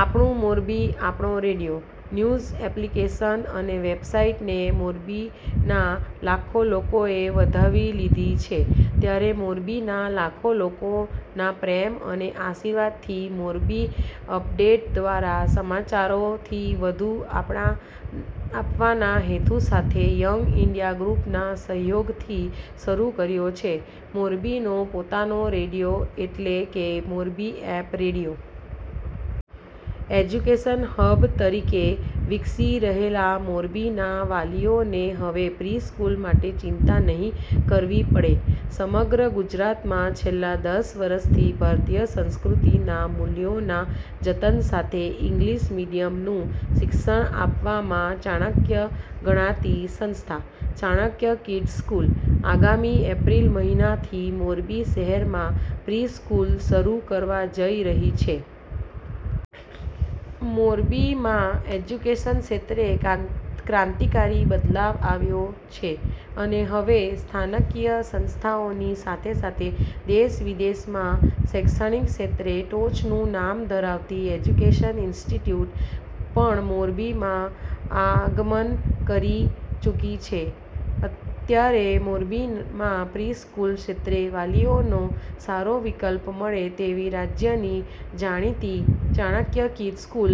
આપણું મોરબી.. આપણો radio.. news application અને વેબસાઈટને મોરબીના લાખો લોકોએ વધાવી લીધી છે. ત્યારે મોરબીના લાખો લોકોના પ્રેમ અને આશીર્વાદથી મોરબી અપડેટ દ્વારા સમાચારોથી વધુ આપવાના હેતુ સાથે યંગ ઇન્ડિયા ગ્રુપના સહયોગથી શરૂ કર્યો છે મોરબીનો પોતાનો રેડીઓ એટલે કે Morbi app radio.. education hub તરીકે વિકસી રહેલા મોરબીના વાલીઓને હવે પ્રિ સ્કૂલ માટે ચિંતા નહિ કરવી પડે, સમગ્ર ગુજરાતમાં છેલ્લા દસ વર્ષથી ભારતીય સંસ્કૃતિના મૂલ્યોના જતન સાથે ઈંગ્લીશ મીડીયમનું શિક્ષણ આપવામાં ચાણક્ય ગણાતી સંસ્થા "ચાણક્ય કિડ્સ સ્કૂલ" આગામી એપ્રિલ મહિનાથી મોરબી શહેરમાં પ્રિ સ્ફુલ શરૂ કરવા જઈ રહી છે. મોરબીમાં એજ્યુકેશન ક્ષેત્રે ક્રાંતિકારી બદલાવ આવ્યો છે અને હવે સ્થાનિક સંસ્થાઓની સાથેસાથે દેશવિદેશમાં શૈક્ષણિક ક્ષેત્રે ટોચનું નામ ધરાવતી એજ્યુકેશન ઇન્સ્ટિટ્યૂટ પણ મોરબીમાં આગમન કરી ચુકી છે ત્યારે મોરબીમાં પ્રિ સ્કૂલ ક્ષેત્રે વાલીઓને સારો વિકલ્પ મળે તેવી રાજ્યની જાણીતી ચાણક્ય કિડ્સ સ્કૂલ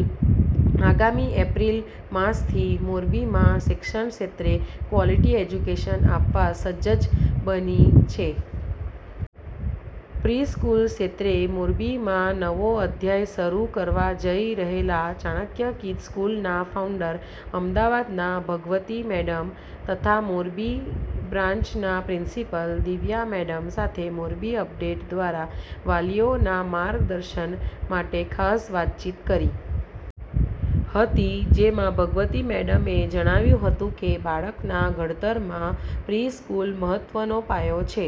આગામી એપ્રિલ માસથી મોરબીમાં શિક્ષણક્ષેત્રે ક્વોલિટી એજ્યુકેશન આપવા સજ્જ બની છે. પ્રિ સ્કૂલ ક્ષેત્રે મોરબીમાં નવો અધ્યાય શરૂ કરવા જઈ રહેલા ચાણક્ય કિડ્સ સ્કૂલના ફાઉન્ડર અમદાવાદના ભગવતી મેડમ તથા મોરબી બ્રાન્ચના પ્રિન્સિપાલ દિવ્યા મેમ સાથે મોરબી અપડેટ દ્વારા વાલીઓના માર્ગદર્શન માટે ખાસ વાતચીત કરી હતી જેમાં ભગવતી મેડમે જણાવ્યું હતું કે બાળકના ઘડતરમાં પ્રિ સ્કૂલ મહત્વનો પાયો છે,